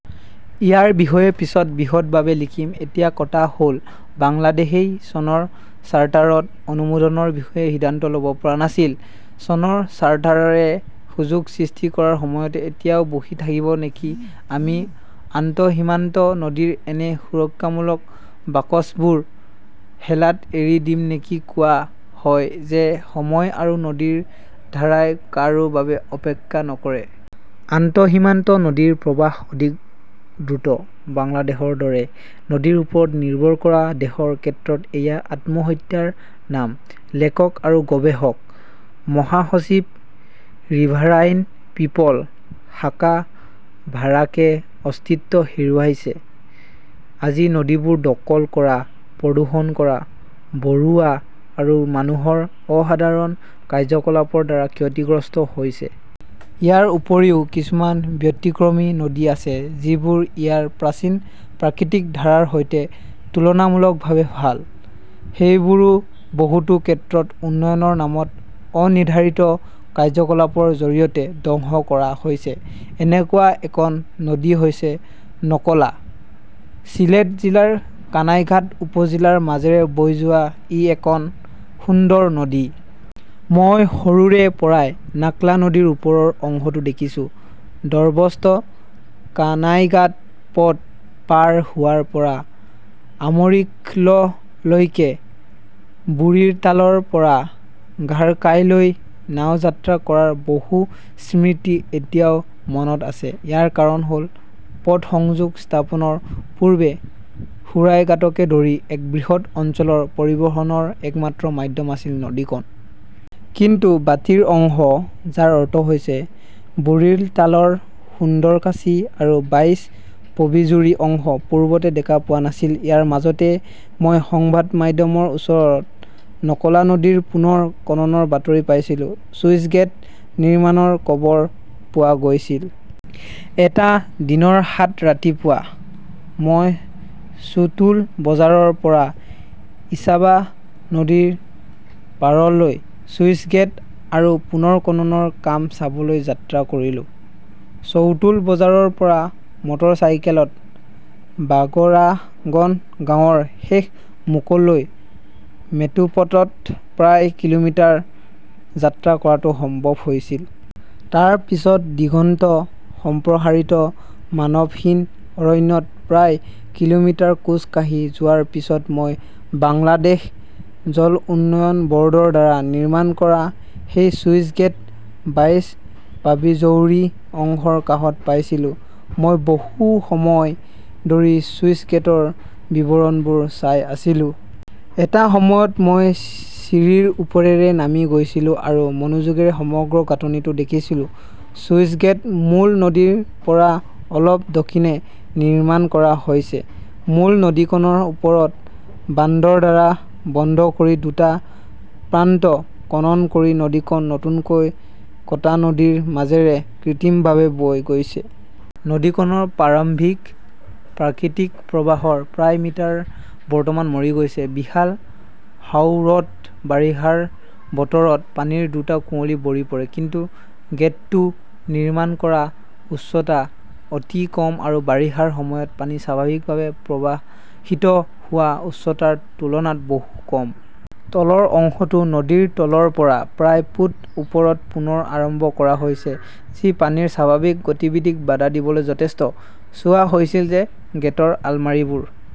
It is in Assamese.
ইয়াৰ বিষয়ে পিছত বিশদভাৱে লিখিম। এতিয়া কথা হ 'ল-বাংলাদেশই চনৰ চাৰ্টাৰত অনুমোদনৰ বিষয়ে সিদ্ধান্ত ল'ব পৰা নাছিল। চনৰ চাৰ্টাৰে সুযোগ সৃষ্টি কৰাৰ সময়ত এতিয়াও বহি থাকিব নেকি আমি আন্তঃসীমান্ত নদীৰ এনে সুৰক্ষামূলক বাকচবোৰ হেলাত এৰি দিম নেকি কোৱা হয় যে সময় আৰু নদীৰ ধাৰাই কাৰো বাবে অপেক্ষা নকৰে। আন্তঃসীমান্ত নদীৰ প্ৰবাহ অধিক দ্ৰুত। বাংলাদেশৰ দৰে নদীৰ ওপৰত নিৰ্ভৰ কৰা দেশৰ ক্ষেত্ৰত এয়া আত্মহত্যাৰ নাম। লেখক আৰু গৱেষক; মহাসচিব, ৰিভাৰাইন পিপল । শাখা বাৰাকে অস্তিত্ব হেৰুৱাইছে আজি নদীবোৰ দকল কৰা, প্ৰদূষণ কৰা, বৰোৱা আৰু মানুহৰ অসাধাৰণ কাৰ্যকলাপৰ দ্বাৰা ক্ষতিগ্ৰস্ত হৈছে। ইয়াৰ উপৰিও কিছুমান ব্যতিক্ৰমী নদী আছে যিবোৰ ইয়াৰ প্ৰাচীন প্ৰাকৃতিক ধাৰাৰ সৈতে তুলনামূলকভাৱে ভাল। সেইবোৰো বহুতো ক্ষেত্ৰত উন্নয়নৰ নামত অনিৰ্ধাৰিত কাৰ্যকলাপৰ জৰিয়তে ধ্বংস কৰা হৈছে। এনেকুৱা একন নদী হৈছে নকলা। ছিলেট জিলাৰ কানাইঘাট উপ-জিলাৰ মাজেৰে বৈ যোৱা ই একন সুন্দৰ নদী। মই সৰুৰে পৰাই নাক্লা নদীৰ ওপৰৰ অংশটো দেখিছোঁ, দৰ্বস্ত-কানাইঘাট পথ পাৰ হোৱাৰ পৰা আমৰিকললৈকে। বুৰিৰতালৰ পৰা গাৰকাইলৈ নাও যাত্ৰা কৰাৰ বহু স্মৃতি এতিয়াও মনত আছে। ইয়াৰ কাৰণ হ’ল, পথ সংযোগ স্থাপনৰ পূৰ্বে সুৰাইঘাটকে ধৰি এক বৃহৎ অঞ্চলৰ পৰিবহণৰ একমাত্ৰ মাধ্যম আছিল নদীকন। কিন্তু বাটিৰ অংশ, যাৰ অৰ্থ হৈছে বুৰিৰতাল ৰ সুন্দৰকাশী আৰু বাইশ-পবিজুৰী অংশ, পূৰ্বতে দেকা পোৱা নাছিল। ইয়াৰ মাজতে মই সংবাদ মাধ্যমৰ ওচৰত নকলা নদী পুনৰ কননৰ বাতৰি পাইছিলো। চুইছগেট নিৰ্মাণৰ কবৰ পোৱা গৈছিল। এটা দিনৰ সাত ৰাতিপুৱা মই চুটুল বজাৰৰ পৰা ইসাবা নদীৰ পাৰলৈ স্লুইচগেট আৰু পুনৰ কননৰ কাম চাবলৈ যাত্ৰা কৰিলো। চৌটুল বজাৰৰ পৰা মটৰচাইকেলত বাগৰাগন গাঁৱৰ শেষ মুকলৈ মেথোপথত প্ৰায় কিলোমিটাৰ যাত্ৰা কৰাটো সম্ভৱ হৈছিল। তাৰ পিছত দিগন্ত-সম্প্ৰসাৰিত মানৱহীন অৰণ্যত প্ৰায় কিলোমিটাৰ খোজ কাঢ়ি যোৱাৰ পিছত মই বাংলাদেশ জল উন্নয়ন বৰ্ডৰ দ্বাৰা নিৰ্মাণ কৰা সেই 'চুইছগেট বাইছ-পাবিজৌৰী অংশৰ কাষত পাইছিলো। মই বহু সময় ধৰি চুইছগেটৰ বিৱৰণবোৰ চাই আছিলো। এটা সময়ত মই চিৰিৰ ওপৰেৰে নামি গৈছিলো আৰু মনোযোগৰে সমগ্ৰ গাঁথনিটো দেখিছিলোঁ। চুইছগেট মূল নদীৰ পৰা অলপ দক্ষিণে নিৰ্মাণ কৰা হৈছে। মূল নদীখনৰ ওপৰত বান্ধৰ দ্বাৰা বন্ধ কৰি দুটা প্ৰান্ত কনন কৰি নদীখন নতুনকৈ কটা নদীৰ মাজেৰে কৃত্ৰিমভাৱে বৈ গৈছে। নদীখনৰ প্ৰাৰম্ভিক প্ৰাকৃতিক প্ৰৱাহৰ প্ৰায় মিটাৰ বৰ্তমান মৰি গৈছে। বিশাল হাওৰত বাৰিষাৰ বতৰত পানীৰ দুটা কুঁৱলী ভৰি পৰে। কিন্তু গেটটো নিৰ্মাণ কৰা উচ্চতা অতি কম আৰু বাৰিষাৰ সময়ত পানী স্বাভাৱিকভাৱে প্ৰৱাহিত হোৱা উচ্চতাৰ তুলনাত বহু কম। তলৰ অংশটো নদীৰ তলৰ পৰা প্ৰায় ফুট ওপৰত পুনৰ আৰম্ভ কৰা হৈছে, যি পানীৰ স্বাভাৱিক গতিবিধিক বাধা দিবলৈ যথেষ্ট। চোৱা হৈছিল যে গেটৰ আলমাৰীবোৰ